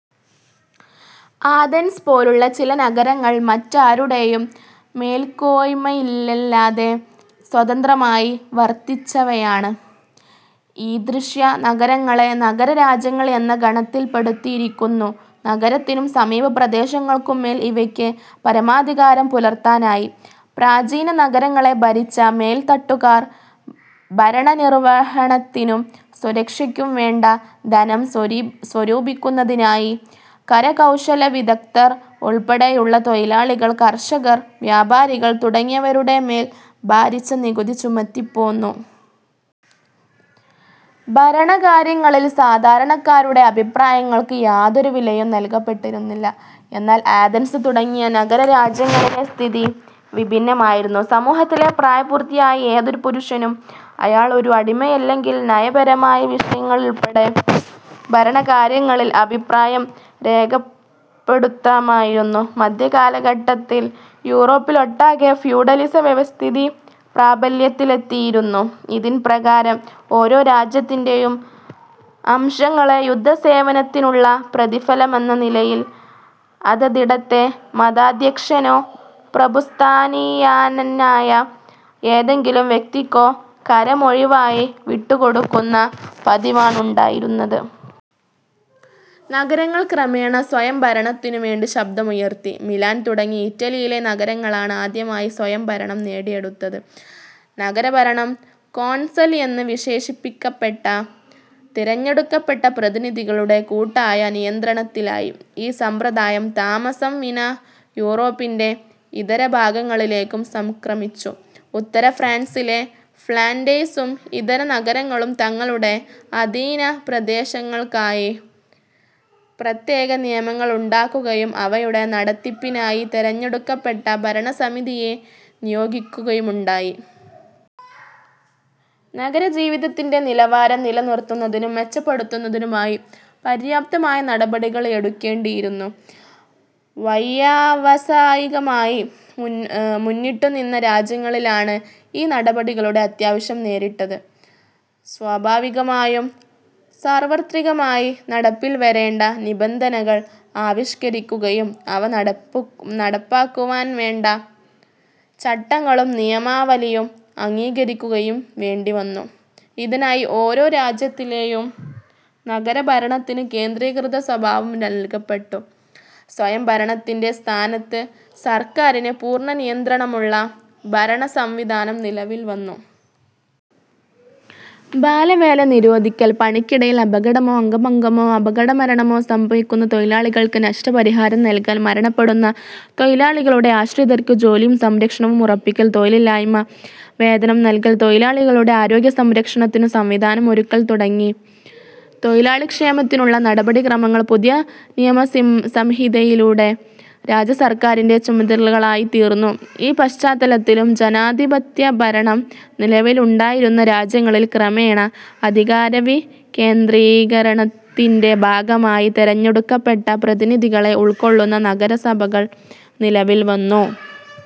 Athens പോലുള്ള ചില നഗരങ്ങൾ മറ്റാരുടെയും മേൽക്കോയ്മയിലല്ലാതെ സ്വതന്ത്രമായി വർത്തിച്ചവയാണ്. ഈദൃശ നഗരങ്ങളെ 'നഗര രാജ്യങ്ങൾ' എന്ന ഗണത്തിൽപ്പെടുത്തിയിരിക്കുന്നു. നഗരത്തിനും സമീപപ്രദേശങ്ങൾക്കുംമേൽ ഇവയ്ക്ക് പരമാധികാരം പുലർത്താനായി. പ്രാചീന നഗരങ്ങളെ ഭരിച്ച മേൽത്തട്ടുകാർ ഭരണനിർവഹണത്തിനും സുരക്ഷയ്ക്കുംവേണ്ട ധനം സ്വരൂപിക്കുന്നതിനായി കരകൌശലവിദഗ്ദ്ധർ ഉൾപ്പെടെയുള്ള തൊഴിലാളികൾ, കർഷകർ, വ്യാപാരികൾ തുടങ്ങിയവരുടെമേൽ ഭാരിച്ച നികുതി ചുമത്തിപ്പോന്നു. ഭരണകാര്യങ്ങളിൽ സാധാരണക്കാരുടെ അഭിപ്രായങ്ങൾക്ക് യാതൊരു വിലയും നല്കപ്പെട്ടിരുന്നില്ല. എന്നാൽ ആഥൻസ് തുടങ്ങിയ നഗരരാജ്യങ്ങളിലെസ്ഥിതി വിഭിന്നമായിരുന്നു. സമൂഹത്തിലെ പ്രായപൂർത്തിയായ ഏതൊരു പുരുഷനും, അയാൾ ഒരു അടിമയല്ലെങ്കിൽ, നയപരമായ വിഷയങ്ങളിലുൾപ്പെടെ ഭരണകാര്യങ്ങളിൽ അഭിപ്രായം രേഖപ്പെടുത്താമായിരുന്നു. മധ്യകാലഘട്ടത്തിൽ യൂറോപ്പിലൊട്ടാകെ ഫ്യൂഡലിസ വ്യവസ്ഥിതി പ്രാബല്യത്തിലെത്തിയിരുന്നു. ഇതിൻപ്രകാരം ഓരോ രാജ്യത്തിന്റെയും അംശങ്ങളെ യുദ്ധസേവനത്തിനുള്ള പ്രതിഫലമെന്ന നിലയിൽ, അതതിടത്തെ മതാധ്യക്ഷനോ പ്രഭുസ്ഥാനീയനായ ഏതെങ്കിലും വ്യക്തിക്കോ കരമൊഴിവായി വിട്ടുകൊടുക്കുന്ന പതിവാണുണ്ടായിരുന്നത്. നഗരങ്ങൾ ക്രമേണ സ്വയംഭരണത്തിനുവേണ്ടി ശബ്ദമുയർത്തി. മിലാൻ തുടങ്ങി ഇറ്റലിയിലെ നഗരങ്ങളാണ് ആദ്യമായി സ്വയംഭരണം നേടിയെടുത്തത്; നഗരഭരണം കോൺസൽ എന്ന് വിശേഷിപ്പിക്കപ്പെട്ട തെരഞ്ഞെടുക്കപ്പെട്ട പ്രതിനിധികളുടെ കൂട്ടായ നിയന്ത്രണത്തിലായി. ഈ സമ്പ്രദായം താമസംവിനാ യൂറോപ്പിന്റെ ഇതരഭാഗങ്ങളിലേക്കും സംക്രമിച്ചു. ഉത്തരഫ്രാൻസിലെ ഫ്ളാൻഡേഴ്സും ഇതര നഗരങ്ങളും തങ്ങളുടെ അധീനപ്രദേശങ്ങൾക്കായി പ്രത്യേക നിയമങ്ങളുണ്ടാക്കുകയും അവയുടെ നടത്തിപ്പിനായി തെരഞ്ഞെടുക്കപ്പെട്ട ഭരണസമിതിയെ നിയോഗിക്കുകയുമുണ്ടായി. നഗരജീവിതത്തിന്റെ നിലവാരം നിലനിർത്തുന്നതിനും മെച്ചപ്പെടുത്തുന്നതിനുമായി പര്യാപ്തമായ നടപടികൾ എടുക്കേണ്ടിയിരുന്നു. വൈയവസായികമായി മുന്നിട്ടുനിന്ന രാജ്യങ്ങളിലാണ് ഈ നടപടികളുടെ അത്യാവശ്യം നേരിട്ടത്. സ്വാഭാവികമായും സാർവത്രികമായി നടപ്പിൽവരേണ്ട നിബന്ധനകൾ ആവിഷ്കരിക്കുകയും അവ നടപ്പാക്കുവാൻവേണ്ട ചട്ടങ്ങളും നിയമാവലിയും അംഗീകരിക്കുകയും വേണ്ടിവന്നു. ഇതിനായി ഓരോ രാജ്യത്തിലെയും നഗരഭരണത്തിന് കേന്ദ്രീകൃത സ്വഭാവം നല്കപ്പെട്ടു. സ്വയംഭരണത്തിന്റെ സ്ഥാനത്ത് സർക്കാരിന് പൂർണനിയന്ത്രണമുള്ള ഭരണസംവിധാനം നിലവിൽവന്നു. ബാലവേല നിരോധിക്കൽ, പണിക്കിടയിൽ അപകടമോ അംഗഭംഗമോ, അപകടമരണമോ സംഭവിക്കുന്ന തൊഴിലാളികൾക്ക് നഷ്ടപരിഹാരം നല്കൽ, മരണപ്പെടുന്ന തൊഴിലാളികളുടെ ആശ്രിതർക്ക് ജോലിയും സംരക്ഷണവും ഉറപ്പിക്കൽ, തൊഴിലില്ലായ്മ വേതനം നല്കൽ, തൊഴിലാളികളുടെ ആരോഗ്യസംരക്ഷണത്തിനു സംവിധാനമൊരുക്കൽ തുടങ്ങി തൊഴിലാളിക്ഷേമത്തിനുള്ള നടപടിക്രമങ്ങൾ പുതിയ നിയമസംഹിതയിലൂടെ രാജ്യസർക്കാരിന്റെ ചുമതലകളായിത്തീർന്നു. ഈ പശ്ചാത്തലത്തിലും ജനാധിപത്യഭരണം നിലവിലുണ്ടായിരുന്ന രാജ്യങ്ങളിൽ ക്രമേണ അധികാരവികേന്ദ്രീകരണത്തിന്റെ ഭാഗമായി തെരഞ്ഞെടുക്കപ്പെട്ട പ്രതിനിധികളെ ഉൾക്കൊള്ളുന്ന നഗരസഭകൾ നിലവിൽവന്നു.